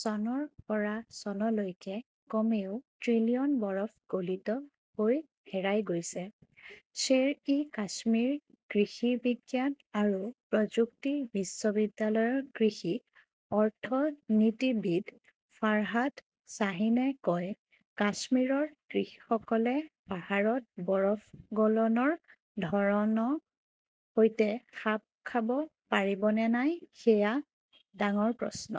চনৰ পৰা চনলৈকে কমেও ট্ৰিলিয়ন বৰফ গলিত হৈ হেৰাই গৈছে। শ্বেৰ-ই-কাশ্মীৰ কৃষি বিজ্ঞান আৰু প্ৰযুক্তি বিশ্ববিদ্যালয়ৰ কৃষি অৰ্থনীতিবিদ ফাৰহাত শ্বাহীনে কয়, কাশ্মীৰৰ কৃষকসকলে পাহাৰত বৰফ গলনৰ ধৰণৰ সৈতে খাপ খাব পাৰিব নে নাই সেয়া ডাঙৰ প্ৰশ্ন।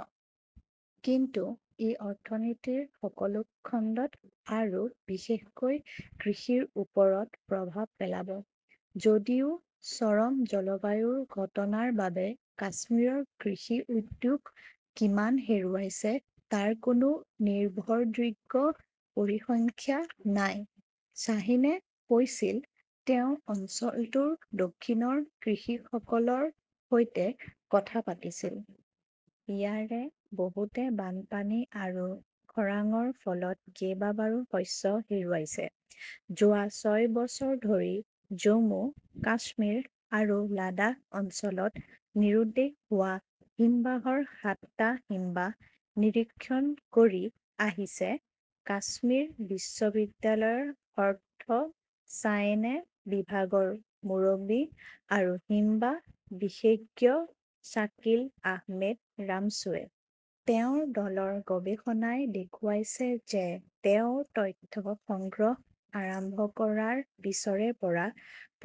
কিন্তু ই অৰ্থনীতিৰ সকলো খণ্ডত আৰু বিশেষকৈ কৃষিৰ ওপৰত প্ৰভাৱ পেলাব। যদিও চৰম জলবায়ুৰ ঘটনাৰ বাবে কাশ্মীৰৰ কৃষি উদ্যোগ কিমান হেৰুৱাইছে তাৰ কোনো নিৰ্ভৰযোগ্য পৰিসংখ্যা নাই। শ্বাহীনে কৈছিল, তেওঁ অঞ্চলটোৰ দক্ষিণৰ কৃষকসকলৰ সৈতে কথা পাতিছিল। ইয়াৰে বহুতে বানপানী আৰু খৰাংৰ ফলত কেইবাবাৰো শস্য হেৰুৱাইছে। যোৱা ছয় বছৰ ধৰি জম্মু, কাশ্মীৰ আৰু লাডাখ অঞ্চলত নিৰুদ্দেশ হোৱা হিমবাহৰ সাতটা হিমবাহ নিৰীক্ষণ কৰি আহিছে কাশ্মীৰ বিশ্ববিদ্যালয়ৰ অৰ্থ ছায়েন্স বিভাগৰ মুৰব্বী আৰু হিমবাহ বিশেষজ্ঞ শ্বাকিল আহমেদ ৰামছুৱে। তেওঁৰ দলৰ গৱেষণাই দেখুৱাইছে যে তেওঁ তথ্য সংগ্ৰহ আৰম্ভ কৰাৰ পিছৰে পৰা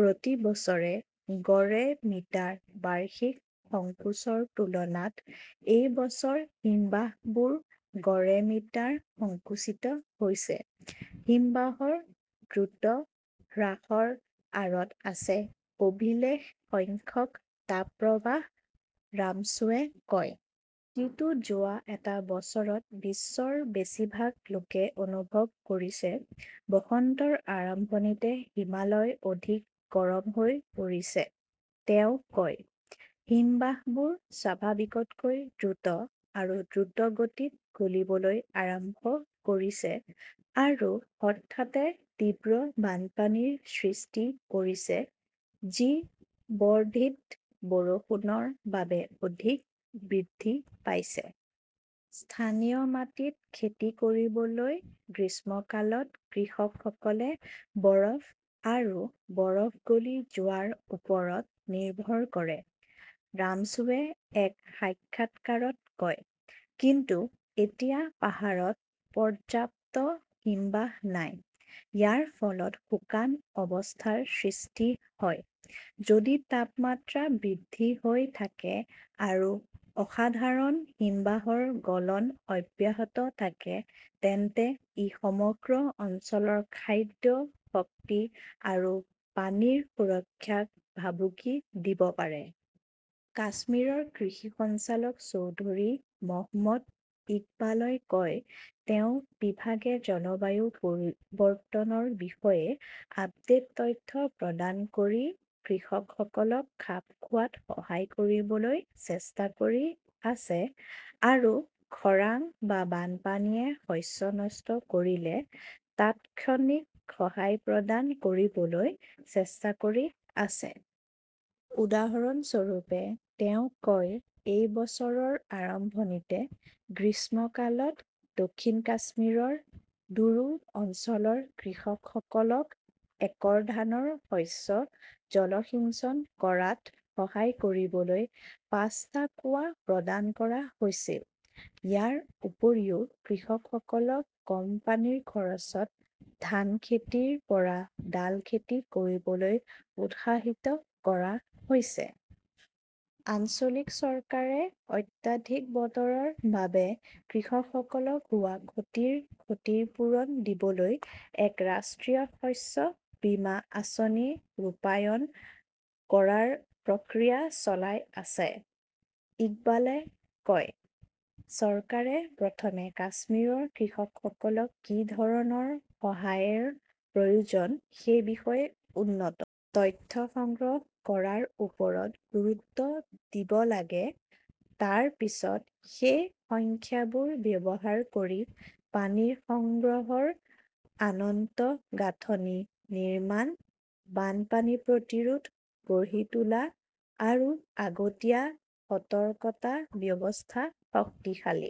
প্ৰতি বছৰে গড়ে মিটাৰ বাৰ্ষিক সংকোচৰ তুলনাত এই বছৰ হিমবাহবোৰ গড়ে মিটাৰ সংকুচিত হৈছে। হিমবাহৰ দ্ৰুত হ্ৰাসৰ আঁৰত আছে অভিলেখ সংখ্যক তাপপ্ৰবাহ, ৰমছুৱে কয়। যিটো যোৱা এটা বছৰত বিশ্বৰ বেছিভাগ লোকে অনুভৱ কৰিছে। বসন্তৰ আৰম্ভণিতে হিমালয় অধিক গৰম হৈ পৰিছে, তেওঁ কয়। হিমবাহবোৰ স্বাভাৱিকতকৈ দ্ৰুত আৰু দ্ৰুতগতিত গলিবলৈ আৰম্ভ কৰিছে আৰু হঠাতে তীব্ৰ বানপানীৰ সৃষ্টি কৰিছে, যি বৰ্ধিত বৰষুণৰ বাবে অধিক বৃদ্ধি পাইছে। স্থানীয় মাটিত খেতি কৰিবলৈ গ্ৰীষ্মকালত কৃষকসকলে বৰফ আৰু বৰফ গলি যোৱাৰ ওপৰত নিৰ্ভৰ কৰে, ৰমছুৱে এক সাক্ষাৎকাৰত কয়। কিন্তু এতিয়া পাহাৰত পৰ্যাপ্ত হিমবাহ নাই। ইয়াৰ ফলত শুকান অৱস্থাৰ সৃষ্টি হয়। "যদি তাপমাত্ৰা বৃদ্ধি হৈ থাকে আৰু অসাধাৰণ হিমবাহৰ গলন অব্যাহত থাকে তেন্তে ই সমগ্ৰ অঞ্চলৰ খাদ্য, শক্তি আৰু পানীৰ সুৰক্ষাক ভাবুকি দিব পাৰে। কাশ্মীৰৰ কৃষি সঞ্চালক চৌধুৰী মহম্মদ ইকবালই কয়, তেওঁৰ বিভাগে জলবায়ু পৰিৱৰ্তনৰ বিষয়ে আপডেট তথ্য প্ৰদান কৰি কৃষকসকলক খাপ খোৱাত সহায় কৰিবলৈ চেষ্টা কৰি আছে আৰু খৰাং বা বানপানীয়ে শস্য নষ্ট কৰিলে তাৎক্ষণিক সহায় প্ৰদান কৰিবলৈ চেষ্টা কৰি আছে। উদাহৰণস্বৰূপে, তেওঁ কয়, এই বছৰৰ আৰম্ভণিতে গ্ৰীষ্মকালত, দক্ষিণ কাশ্মীৰৰ ডোৰু অঞ্চলৰ কৃষকসকলক একৰ ধানৰ শস্য জলসিঞ্চন কৰাত সহায় কৰিবলৈ পাঁচটা কুঁৱা প্ৰদান কৰা হৈছিল। ইয়াৰ উপৰিও, কৃষকসকলক কম পানীৰ খৰচত ধান খেতিৰ পৰা ডাল খেতি কৰিবলৈ উৎসাহিত কৰা হৈছে। আঞ্চলিক চৰকাৰে অত্যাধিক বতৰৰ বাবে কৃষকসকলক হোৱা ক্ষতিৰ ক্ষতিপূৰণ দিবলৈ এক ৰাষ্ট্ৰীয় শস্য বীমা আঁচনি ৰূপায়ণ কৰাৰ প্ৰক্ৰিয়া চলাই আছে, ইকবালই কয়। চৰকাৰে প্ৰথমে কাশ্মীৰৰ কৃষকসকলক কি ধৰণৰ সহায়ৰ প্ৰয়োজন সেই বিষয়ে উন্নত তথ্য সংগ্ৰহ কৰাৰ ওপৰত গুৰুত্ব দিব লাগে, তাৰ পিছত সেই সংখ্যাবোৰ ব্যৱহাৰ কৰি পানী সংগ্ৰহৰ আন্তঃগাঁথনি নিৰ্মাণ, বানপানী প্ৰতিৰোধ গঢ়ি তোলা আৰু আগতীয়া সতৰ্কতা ব্যৱস্থা শক্তিশালী